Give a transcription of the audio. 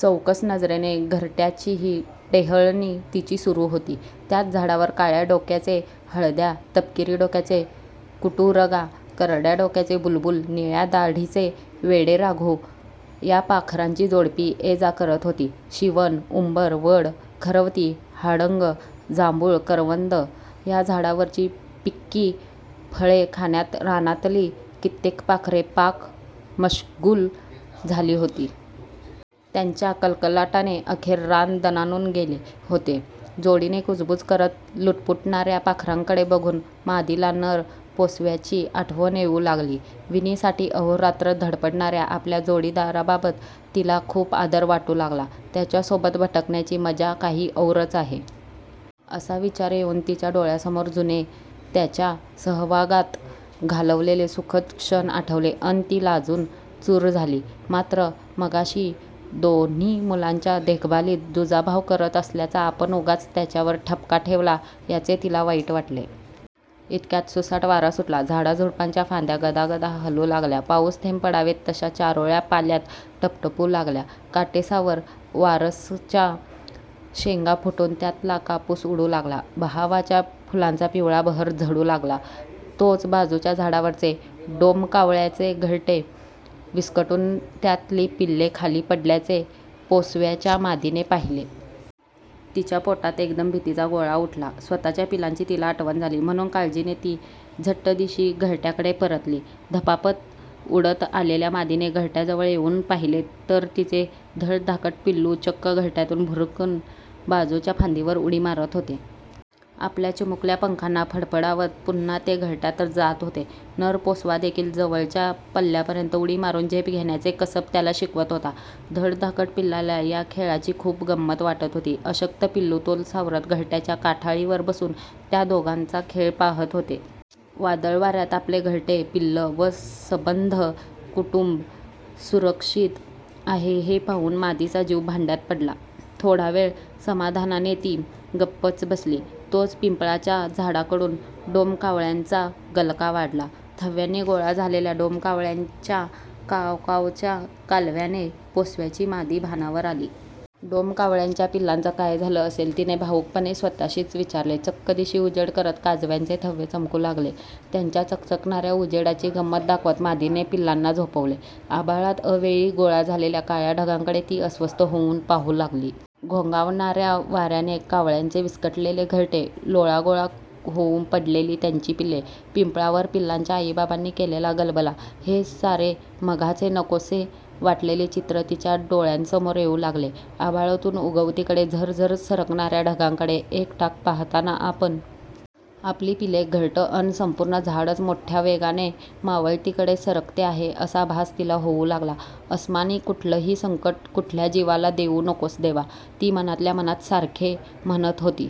चौकस नजरेने घरट्याचीही टेहळणी तिची सुरू होती. त्याच झाडावर काळ्या डोक्याचे हळद्या, तपकिरी डोक्याचे कुटूरगा, करड्या डोक्याचे बुलबुल, निळ्या दाढीचे वेडेराघू या पाखरांची जोडपी ये-जा करत होती. शिवण, उंबर, वड, खरवती, हाडंग, जांभूळ, करवंद या झाडावरची पिक्की फळे खाण्यात रानांतली कित्येक पाखरे पाक मश्गुल झाली होती. त्यांच्या कलकलाटाने अखेर रान दणाणून गेले होते. जोडीने कुजबुज करत लुटपूटणाऱ्या पाखरांकडे बघून मादीला नर पोसव्याची आठवण येऊ लागली. विणीसाठी अहोरात्र धडपडणाऱ्या आपल्या जोडीदाराबाबत तिला खूप आदर वाटू लागला- 'त्याच्यासोबत भटकण्याची मजा काही औरच आहे.' असा विचार येऊन तिच्या डोळ्यांसमोर जुने त्याच्या सहवागात घालवलेले सुखद क्षण आठवले अन् ती लाजून चूर झाली. मात्र मघाशी दोन्ही मुलांच्या देखभालीत दुजाभाव करत असल्याचा आपण उगाच त्याच्यावर ठपका ठेवला याचे तिला वाईट वाटले. इतक्यात सुसाट वारा सुटला. झाडाझुडपांच्या फांद्या गदागदा हलू लागल्या. पाऊसथेंब पडावेत तशा चारोळ्या पाल्यात टपटपू लागल्या. काटेसावर, वारसच्या शेंगा फुटून त्यातला कापूस उडू लागला. बहावाच्या फुलांचा पिवळा बहर झडू लागला. तोच बाजूच्या झाडावरचे डोमकावळ्याचे घरटे विस्कटून त्यातली पिल्ले खाली पडल्याचे पोसव्याच्या मादीने पाहिले. तिच्या पोटात एकदम भीतीचा गोळा उठला. स्वतःच्या पिलांची तिला आठवण आली, म्हणून काळजीने ती झट्दिशी घरट्याकडे परतली. धपापत उडत आलेल्या मादीने घरट्याजवळ येऊन पाहिले तर तिचे धडधाकट पिलू चक्क घरट्यातून भुर्रकन बाजूच्या फांदीवर उडी मारत होते. आपल्या चिमुकल्या पंखांना फडफडावत पुन्हा ते घरट्यात जात होते. नर पोसवा देखील जवळच्या पल्यापर्यंत उडी मारून झेप घेण्याचे कसब त्याला शिकवत होता. धडधाकट पिलाला या खेळाची खूप गंमत वाटत होती. अशक्त पिलू तोल सावरत घरट्याच्या काठाळीवर बसून त्या दोघांचा खेळ पाहत होते. वादळवाऱ्यात आपले घरटे, पिल्लं व सबंध कुटुंब सुरक्षित आहे हे पाहून मादीचा जीव भांड्यात पडला. थोडावेळ समाधानाने ती गप्पच बसली. तोच पिंपळाच्या झाडाकडून डोमकावळ्यांचा गलका वाढला. थव्यांनी गोळा झालेल्या डोमकावळ्यांच्या काव... काव... च्या कालव्याने पोसव्याची मादी भानावर आली. 'डोमकावळ्यांच्या पिल्लांचं काय झालं असेल?' तिने भावुकपणे स्वतःशीच विचारले. चक्कदिशी उजेड करत काजव्यांचे थवे चमकू लागले. त्यांच्या चकचकणाऱ्या उजेडाची गंमत दाखवत मादीने पिलांना झोपवले. आभाळात अवेळी गोळा झालेल्या काळ्या ढगांकडे ती अस्वस्थ होऊन पाहू लागली. घोंघावणाऱ्या वाऱ्याने कावळ्यांचे विस्कटलेले घरटे.. लोळागोळा होऊन पडलेली त्यांची पिले.. पिंपळावर पिलांच्या आईबाबांनी केलेला गलबला.. हे सारे मघाचे नकोसे वाटलेले चित्र तिच्या डोळ्यांसमोर येऊ लागले. आभाळातून उगवतीकडे झरझर सरकणाऱ्या ढगांकडे एकटाक पाहताना आपण.. आपली पिले... घरटं अन् संपूर्ण झाडच मोठ्या वेगाने मावळतीकडे सरकते आहे असा भास तिला होऊ लागला. 'अस्मानी कुठलंही संकट कुठल्या जीवाला देऊ नकोस देवा!' ती मनातल्या मनात सारखे म्हणत होती.